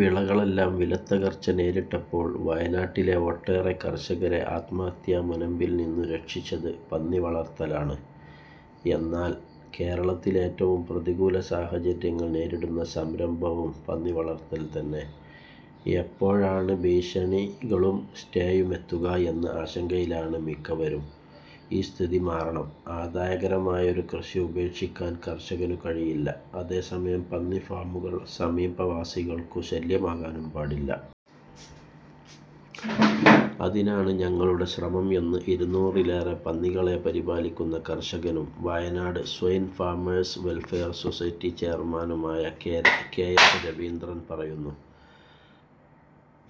വിളകളെല്ലാം വിലത്തകർച്ച നേരിട്ടപ്പോൾ വയനാട്ടിലെ ഒട്ടേറെ കർഷകരെ ആത്മഹത്യാമുനമ്പിൽനിന്നു രക്ഷിച്ചത് പന്നിവളർത്തലാണ്. എന്നാൽ കേരളത്തിലേറ്റവും പ്രതികൂല സാഹചര്യങ്ങൾ നേരിടുന്ന സംരംഭവും പന്നിവളർത്തൽ തന്നെ. എപ്പോഴാണ് ഭീഷണികളും സ്റ്റേയുമെത്തുക എന്ന ആശങ്കയിലാണ് മിക്കവരും. ഈ സ്ഥിതി മാറണം. ആദായകരമായൊരു കൃഷി ഉപേക്ഷിക്കാൻ കർഷകനു കഴിയില്ല. അതേസമയം പന്നിഫാമുകൾ സമീപവാസികൾക്കു ശല്യമാകാനും പാടില്ല. അതിനാണ് ഞങ്ങളുടെ ശ്രമം എന്ന് ഇരുനൂറിലേറെ പന്നികളെ പരിപാലിക്കുന്ന കർഷകനും Wayanad swine farmers welfare society ചെയർമാനുമായ കെ എസ് രവീന്ദ്രൻ പറയുന്നു.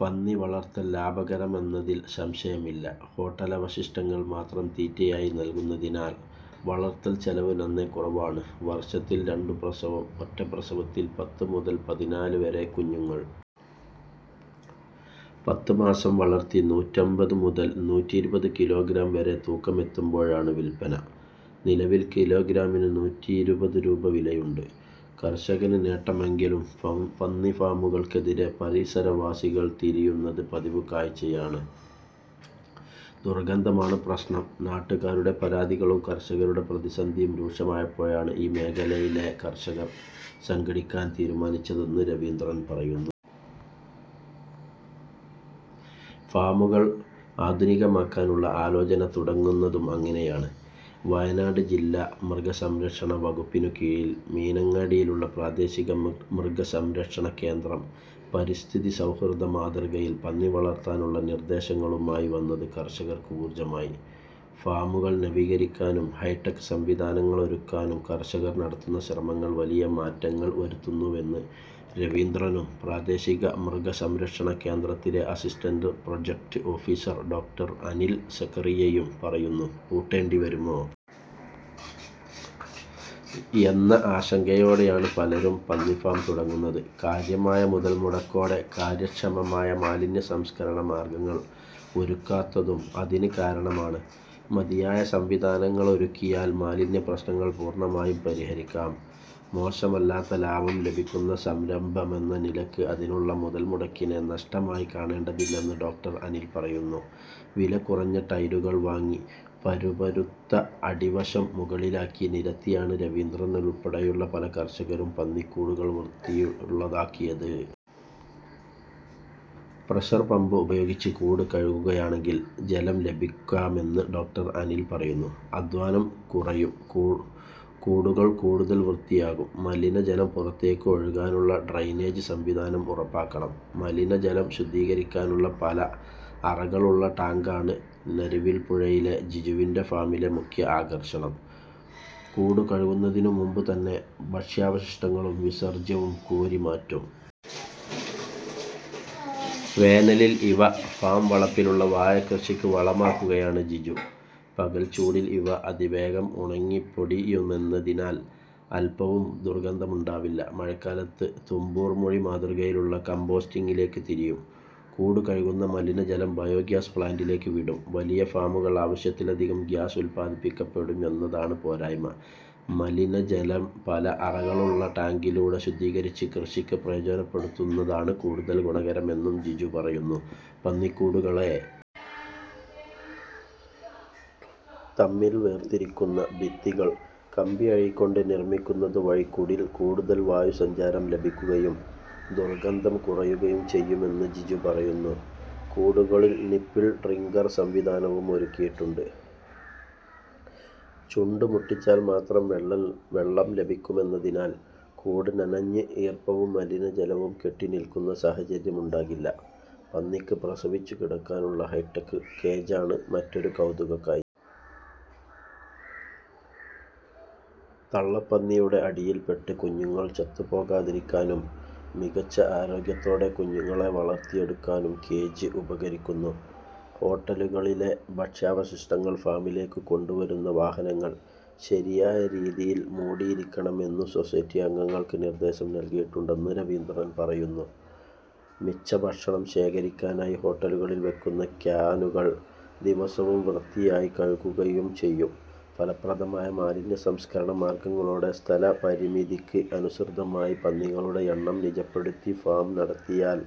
പന്നിവളർത്തൽ ലാഭകരമാണെന്നതിൽ സംശയമില്ല. ഹോട്ടലവശിഷ്ടങ്ങൾ മാത്രം തീറ്റയായി നൽകുന്നതിനാൽ വളർത്തൽച്ചെലവ് നന്നേ കുറവാണ്. വർഷത്തിൽ രണ്ടു പ്രസവം. ഒറ്റ പ്രസവത്തിൽ പത്ത് മുതൽ പതിനാല് വരെ കുഞ്ഞുങ്ങൾ. പത്ത് മാസം വളർത്തി നൂറ്റിപ്പത്ത് മുതൽ നൂറ്റിയിരുപത് കിലോഗ്രാം വരെ തൂക്കമെത്തുമ്പോഴാണ് വിൽപന. നിലവിൽ കിലോഗ്രാമിന് നൂറ്റിയിരുപത് രൂപ വിലയുണ്ട്. കർഷകന് നേട്ടമെങ്കിലും പന്നിഫാമുകൾക്കെതിരെ പരിസരവാസികൾ തിരിയുന്നത് പതിവുകാഴ്ചയാണ്. ദുർഗന്ധമാണ് പ്രശ്നം. നാട്ടുകാരുടെ പരാതികളും കർഷകരുടെ പ്രതിസന്ധിയും രൂക്ഷമായപ്പോഴാണ് ഈ മേഖലയിലെ കർഷകർ സംഘടിക്കാൻ തീരുമാനിച്ചതെന്ന് രവീന്ദ്രൻ പറയുന്നു. ഫാമുകൾ ആധുനികമാക്കാനുള്ള ആലോചന തുടങ്ങുന്നതും അങ്ങനെയാണ്. വയനാട് ജില്ലാ മൃഗസംരക്ഷണവകുപ്പിനു കീഴിൽ മീനങ്ങാടിയിലുള്ള പ്രാദേശിക മൃഗസംരക്ഷണകേന്ദ്രം പരിസ്ഥിതി സൗഹൃദ മാതൃകയിൽ പന്നിവളർത്താനുള്ള നിർദേശങ്ങളുമായി വന്നത് കർഷകർക്ക് ഊർജമായി. ഫാമുകൾ നവീകരിക്കാനും ഹൈടെക് സംവിധാനങ്ങളൊരുക്കാനും കർഷകർ നടത്തുന്ന ശ്രമങ്ങൾ വലിയ മാറ്റങ്ങൾ വരുത്തുന്നുവെന്ന് രവീന്ദ്രനും പ്രാദേശിക മൃഗസംരക്ഷണകേന്ദ്രത്തിലെ അസിസ്റ്റന്റ് പ്രോജക്ട് ഓഫീസർ ഡോ അനിൽ സഖറിയയും പറയുന്നു. പൂട്ടേണ്ടിവരുമോ എന്ന ആശങ്കയോടെയാണ് പലരും പന്നിഫാം തുടങ്ങുന്നത്. കാര്യമായ മുതൽമുടക്കോടെ കാര്യക്ഷമമായ മാലിന്യസംസ്കരണ മാർഗങ്ങൾ ഒരുക്കാത്തതും അതിന് കാരണമാണ്. മതിയായ സംവിധാനങ്ങളൊരുക്കിയാൽ മാലിന്യ പ്രശ്നങ്ങൾ പൂർണമായും പരിഹരിക്കാം. മോശമല്ലാത്ത ലാഭം ലഭിക്കുന്ന സംരംഭമെന്ന നിലയ്ക്ക് അതിനുള്ള മുതൽമുടക്കിനെ നഷ്ടമായി കാണേണ്ടതില്ലെന്ന് ഡോ അനിൽ പറയുന്നു. വില കുറഞ്ഞ ടൈലുകൾ വാങ്ങി പരുപരുത്ത അടിവശം മുകളിലാക്കി നിരത്തിയാണ് രവീന്ദ്രൻ ഉൾപ്പെടെയുള്ള പല കർഷകരും പന്നിക്കൂടുകൾ വൃത്തിയുള്ളതാക്കിയത്. പ്രഷർ പമ്പ് ഉപയോഗിച്ച് കൂട് കഴുകുകയാണെങ്കിൽ ജലം ലാഭിക്കാമെന്ന് ഡോ അനിൽ പറയുന്നു. അധ്വാനം കുറയും. കൂടുകൾ കൂടുതൽ വൃത്തിയാകും. മലിനജലം പുറത്തേക്ക് ഒഴുകാനുള്ള ഡ്രെയിനേജ് സംവിധാനം ഉറപ്പാക്കണം. മലിനജലം ശുദ്ധീകരിക്കാനുള്ള പല അറകളുള്ള ടാങ്കാണ് നിരവിൽപ്പുഴയിലെ ജിജുവിന്റെ ഫാമിലെ മുഖ്യ ആകർഷണം. കൂടു കഴുകുന്നതിനു മുമ്പുതന്നെ ഭക്ഷ്യാവശിഷ്ടങ്ങളും വിസർജ്യവും കോരി മാറ്റും. വേനലിൽ ഇവ ഫാം വളപ്പിലുള്ള വാഴക്കൃഷിക്ക് വളമാക്കുകയാണ് ജിജു. പകൽച്ചൂടിൽ ഇവ അതിവേഗം ഉണങ്ങിപ്പൊടിയുമെന്നതിനാൽ അൽപവും ദുർഗന്ധമുണ്ടാവില്ല. മഴക്കാലത്ത് തുമ്പൂർമുഴി മാതൃകയിലുള്ള കമ്പോസ്റ്റിങ്ങിലേക്ക് തിരിയും. കൂടു കഴുകുന്ന മലിനജലം ബയോഗ്യാസ് പ്ലാന്റിലേക്ക് വിടും. വലിയ ഫാമുകളിൽ ആവശ്യത്തിലധികം ഗ്യാസ് ഉൽപാദിപ്പിക്കപ്പെടും എന്നതാണ് പോരായ്മ. മലിനജലം പല അറകളുള്ള ടാങ്കിലൂടെ ശുദ്ധീകരിച്ച് കൃഷിക്ക് പ്രയോജനപ്പെടുത്തുന്നതാണ് കൂടുതൽ ഗുണകരമെന്നും ജിജു പറയുന്നു. പന്നിക്കൂടുകളെ തമ്മിൽ വേർതിരിക്കുന്ന ഭിത്തികൾ കമ്പിയഴികൊണ്ട് നിർമിക്കുന്നതുവഴി കൂടിൽ കൂടുതൽ വായുസഞ്ചാരം ലഭിക്കുകയും ദുർഗന്ധം കുറയുകയും ചെയ്യുമെന്ന് ജിജു പറയുന്നു. കൂടുകളിൽ നിപ്പിൾ ഡ്രിങ്കർ സംവിധാനവും ഒരുക്കിയിട്ടുണ്ട്. ചുണ്ടുമുട്ടിച്ചാൽ മാത്രം വെള്ളം ലഭിക്കുമെന്നതിനാൽ കൂട് നനഞ്ഞ് ഈർപ്പവും മലിനജലവും കെട്ടിനിൽക്കുന്ന സാഹചര്യമുണ്ടാകില്ല. പന്നിക്ക് പ്രസവിച്ചു കിടക്കാനുള്ള ഹൈടെക് കേജാണ് മറ്റൊരു കൗതുകക്കാഴ്ച. തള്ളപ്പന്നിയുടെ അടിയിൽപ്പെട്ട് കുഞ്ഞുങ്ങൾ ചത്തുപോകാതിരിക്കാനും മികച്ച ആരോഗ്യത്തോടെ കുഞ്ഞുങ്ങളെ വളർത്തിയെടുക്കാനും കേജ് ഉപകരിക്കുന്നു. ഹോട്ടലുകളിലെ ഭക്ഷ്യാവശിഷ്ടങ്ങൾ ഫാമിലേക്ക് കൊണ്ടുവരുന്ന വാഹനങ്ങൾ ശരിയായ രീതിയിൽ മൂടിയിരിക്കണമെന്നു സൊസൈറ്റി അംഗങ്ങൾക്ക് നിർദേശം നൽകിയിട്ടുണ്ടെന്ന് രവീന്ദ്രൻ പറയുന്നു. മിച്ചഭക്ഷണം ശേഖരിക്കാനായി ഹോട്ടലുകളിൽ വയ്ക്കുന്ന ക്യാനുകൾ ദിവസവും വൃത്തിയായി കഴുകുകയും ചെയ്യും. ഫലപ്രദമായ മാലിന്യസംസ്കരണ മാർഗങ്ങളോടെ സ്ഥലപരിമിതിക്ക് അനുസൃതമായി പന്നികളുടെ എണ്ണം നിജപ്പെടുത്തി ഫാം നടത്തിയാൽ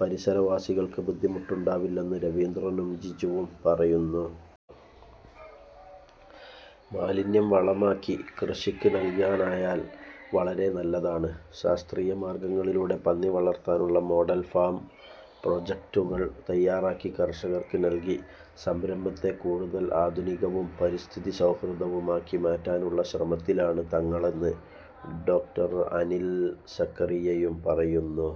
പരിസരവാസികൾക്ക് ബുദ്ധിമുട്ടുണ്ടാവില്ലെന്ന് രവീന്ദ്രനും ജിജുവും പറയുന്നു. മാലിന്യം വളമാക്കി കൃഷിക്ക് നൽകാനായാൽ വളരെ നല്ലതാണ്. ശാസ്ത്രീയ മാർഗങ്ങളിലൂടെ പന്നിവളർത്താനുള്ള മോഡൽ ഫാം പ്രോജക്ടുകൾ തയാറാക്കി കർഷകർക്ക് നൽകി സംരംഭത്തെ കൂടുതൽ ആധുനികവും പരിസ്ഥിതി സൗഹൃദവുമാക്കി മാറ്റാനുള്ള ശ്രമത്തിലാണ് തങ്ങളെന്ന് ഡോ അനിൽ സഖറിയയും പറയുന്നു.